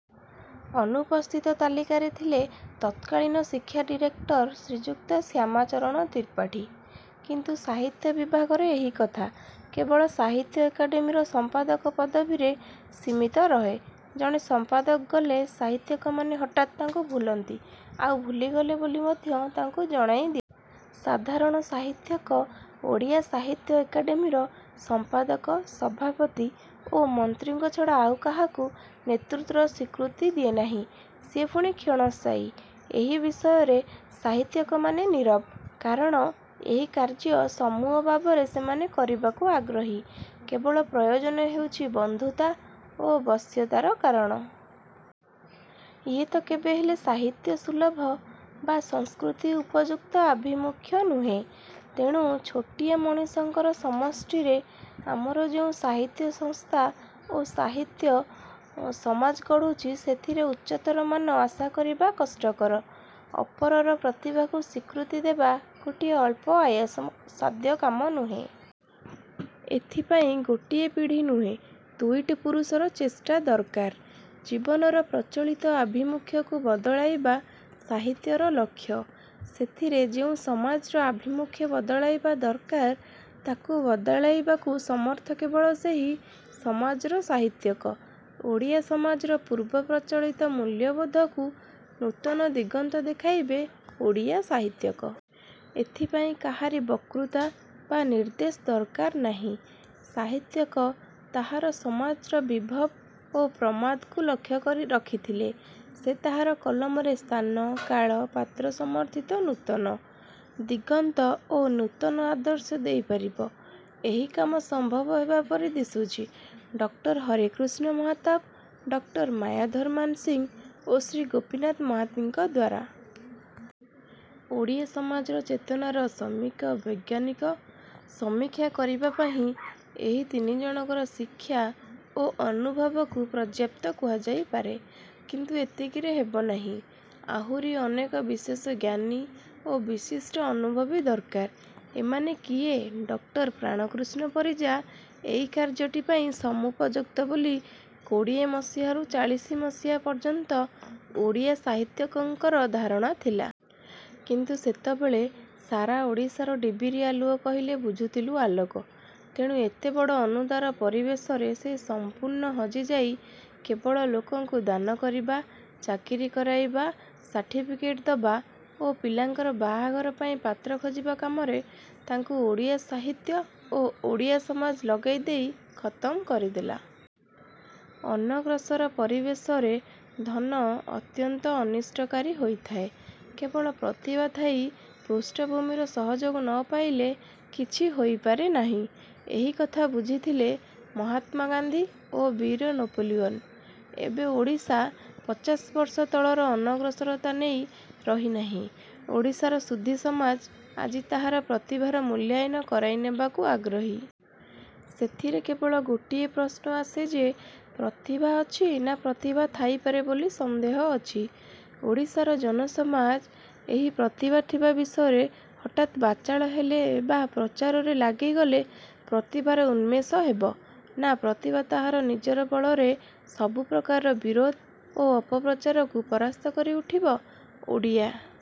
ଅନୁପସ୍ଥିତ ତାଲିକାରେ ଥିଲେ ତତ୍କାଳୀନ ଶିକ୍ଷା ଡିରେକ୍ଟର ଶ୍ରୀଯୁକ୍ତ ଶ୍ୟାମାଚରଣ ତ୍ରିପାଠୀ। କିନ୍ତୁ ସାହିତ୍ୟ ବିଭାଗରେ ଏହିକଥା। କେବଳ ସାହିତ୍ୟ ଏକାଡେମିର ସଂପାଦକ ପଦବୀରେ ସୀମିତ ରହେ। ଜଣେ ସମ୍ପାଦକ ଗଲେ ସାହିତ୍ୟିକମାନେ ହଠାତ୍ ତାଙ୍କୁ ଭୁଲନ୍ତି। ଆଉ ଭୁଲିଗଲେ ବୋଲି ମଧ୍ୟ ତାଙ୍କୁ ଜଣାଇ ଦିଅନ୍ତି। ସାଧାରଣ ସାହିତ୍ୟିକ ଓଡ଼ିଶା ସାହିତ୍ୟ ଏକାଡେମିର ସଂପାଦକ, ସଭାପତି ଓ ମନ୍ତ୍ରୀଙ୍କ ଛଡ଼ା ଆଉ କାହାକୁ ନେତୃତ୍ୱର ସ୍ୱୀକୃତି ଦିଏ ନାହିଁ-ସିଏ ପୁଣି କ୍ଷଣସ୍ଥାୟୀ। ଏହି ବିଷୟରେ ସାହିତ୍ୟିକମାନେ ନିରବ। କାରଣ ଏହି କାର୍ଯ୍ୟ ସମୂହ ଭାବରେ ସେମାନେ କରିବାକୁ ଆଗ୍ରହୀ। କେବଳ ପ୍ରୟୋଜନ ହେଉଛି ବନ୍ଧୁତା ଓ ବଶ୍ୟତାର କାରଣ। ଇଏ ତ କେବେହେଲେ ସାହିତ୍ୟ-ସୁଲଭ ବା ସଂସ୍କୃତି-ଉପଯୁକ୍ତ ଆଭିମୁଖ୍ୟ ନୁହେଁ। ତେଣୁ ଛୋଟିଆ ମଣିଷଙ୍କର ସମଷ୍ଟିରେ ଆମର ଯେଉଁ ସାହିତ୍ୟ ସଂସ୍ଥା ଓ ସାହିତ୍ୟ-ସମାଜ ଗଢ଼ୁଛୁ ସେଥିରେ ଉଚ୍ଚତର ମାନ ଆଶା କରିବା କଷ୍ଟକର। ଅପରର ପ୍ରତିଭାକୁ ସ୍ୱୀକୃତି ଦେବା ଗୋଟିଏ ଅଳ୍ପ ଆୟାସ-ସାଧ୍ୟ କାମ ନୁହେଁ। ଏଥିପାଇଁ ଗୋଟିଏ ପୀଡ଼ି ନୁହେଁ ଦୁଇଟି ପୁରୁଷର ଚେଷ୍ଟା ଦରକାର। ଜୀବନର ପ୍ରଚଳିତ ଆଭିମୁଖ୍ୟକୁ ବଦଳାଇବା ସାହିତ୍ୟର ଲକ୍ଷ୍ୟ। ସେଥିରେ ଯେଉଁ ସମାଜର ଆଭିମୁଖ୍ୟ ବଦଳାଇବା ଦରକାର, ତାକୁ ବଦଳାଇବାକୁ ସମର୍ଥ କେବଳ ସେହି ସମାଜର ସାହିତ୍ୟିକ। ଓଡ଼ିଆ ସମାଜର ପୂର୍ବପ୍ରଚଳିତ ମୂଲ୍ୟବୋଧକୁ ନୂତନ ଦିଗନ୍ତ ଦେଖାଇବେ ଓଡ଼ିଆ ସାହିତ୍ୟିକ। ଏଥିପାଇଁ କାହାରି ବକ୍ତୃତା ବା ନିର୍ଦ୍ଦେଶ ଦରକାର ନାହିଁ। ସାହିତ୍ୟିକ ତାହାର ସମାଜର ବିଭବ ଓ ପ୍ରମାଦକୁ ଲକ୍ଷ୍ୟ ରଖିଥିଲେ ସେ ତାହାର କଲମରେ ସ୍ଥାନ-କାଳ-ପାତ୍ର-ସମର୍ଥିତ ନୂତନ। ଦିଗନ୍ତ ଓ ନୂତନ ଆଦର୍ଶ ଦେଇ ପାରିବ। ଏହି କାମ ସମ୍ଭବ ହେବା ପରି ଦିଶୁଛି-ଡକ୍ଟର ହରେକୃଷ୍ଣ ମହତାବ, ଡକ୍ଟର ମାୟାଧର ମାନସିଂହ ଓ ଶ୍ରୀ ଗୋପୀନାଥ ମହାନ୍ତିଙ୍କ ଦ୍ୱାରା। ଓଡ଼ିଆ ସମାଜର ଚେତନାର ସମ୍ୟକ ବୈଜ୍ଞାନିକ ସମୀକ୍ଷା କରିବାପାଇଁ ଏହି ତିନିଜଣଙ୍କର ଶିକ୍ଷା ଓ ଅନୁଭବକୁ ପର୍ଯ୍ୟାପ୍ତ କୁହାଯାଇପାରେ। କିନ୍ତୁ ଏତିକିରେ ହେବ ନାହିଁ। ଆଉରି ଅନେକ ବିଶେଷ ଜ୍ଞାନୀ ଓ ବିଶିଷ୍ଟ ଅନୁଭବୀ ଦରକାର। ଏମାନେ କିଏ? ଡକ୍ଟର ପ୍ରାଣକୃଷ୍ଣ ପରିଜା ଏହି କାର୍ଯ୍ୟଟି ପାଇଁ ସମୁପଯୁକ୍ତ ବୋଲି କୋଡ଼ିଏମସିହାରୁ ଚାଳିଶିମସିହା ପର୍ଯ୍ୟନ୍ତ ଓଡ଼ିଆ ସାହିତ୍ୟକଙ୍କର ଧାରଣା ଥିଲା। କିନ୍ତୁ ସେତେବେଳେ ସାରା ଓଡ଼ିଶାର ଡିବିରି ଆଲୁଅ କହିଲେ ବୁଝୁଥିଲୁ ଆଲୋକ। ତେଣୁ ଏତେ ବଡ଼ ଅନୁଦାର ପରିବେଶରେ ସେ ସମ୍ପୂର୍ଣ୍ଣ ହଜିଯାଇ କେବଳ ଲୋକଙ୍କୁ ଦାନ କରିବା, ଚାକିରି କରାଇବା, ସାର୍ଟିଫିକେଟ ଦବା ଓ ପିଲାଙ୍କର ବାହାଘର ପାଇଁ ପାତ୍ର ଖୋଜିବା କାମରେ ତାଙ୍କୁ ଓଡ଼ିଆ ସାହିତ୍ୟ ଓ ଓଡ଼ିଆ ସମାଜ ଲଗାଇ ଦେଇ ଖତମ୍ କରିଦେଲା। ଅନଗ୍ରସର ପରିବେଶରେ ଧନ ଅତ୍ୟନ୍ତ ଅନିଷ୍ଟକାରୀ ହୋଇଥାଏ। କେବଳ ପ୍ରତିଭା ଥାଇ ପୃଷ୍ଠଭୂମିର ସହଯୋଗ ନ ପାଇଲେ କିଛି ହୋଇପାରେ ନାହିଁ। ଏହିକଥା ବୁଝିଥିଲେ ମହାତ୍ମା ଗାନ୍ଧୀ ଓ ବୀର ନେପୋଲିଅନ୍। ଏବେ ଓଡ଼ିଶା ପଚାଶବର୍ଷ ତଳର ଅନଗ୍ରସରତା ନେଇ ରହି ନାହିଁ। ଓଡ଼ିଶାର ସୁଧୀ ସମାଜ ଆଜି ତାହାର ପ୍ରତିଭାର ମୂଲ୍ୟାୟନ କରାଇନେବାକୁ ଆଗ୍ରହୀ। ସେଥିରେ କେବଳ ଗୋଟିଏ ପ୍ରଶ୍ନ ଆସେ ଯେ ପ୍ରତିଭା ଅଛି ନା ପ୍ରତିଭା ଥାଇପାରେ ବୋଲି ସନ୍ଦେହ ଅଛି? ଓଡ଼ିଶାର ଜନସମାଜ ଏହି ପ୍ରତିଭା ଥିବା ବିଷୟରେ ହଠାତ୍ ବାଚାଳ ହେଲେ ବା ପ୍ରଚାରରେ ଲାଗିଗଲେ ପ୍ରତିଭାର ଉନ୍ମେଷ ହେବ ନା ପ୍ରତିଭା ତାହାର ନିଜର ବଳରେ ସବୁପ୍ରକାରର ବିରୋଧ ଓ ଅପପ୍ରଚାରକୁ ପରାସ୍ତ କରି ଉଠିବ? ଓଡ଼ିଆ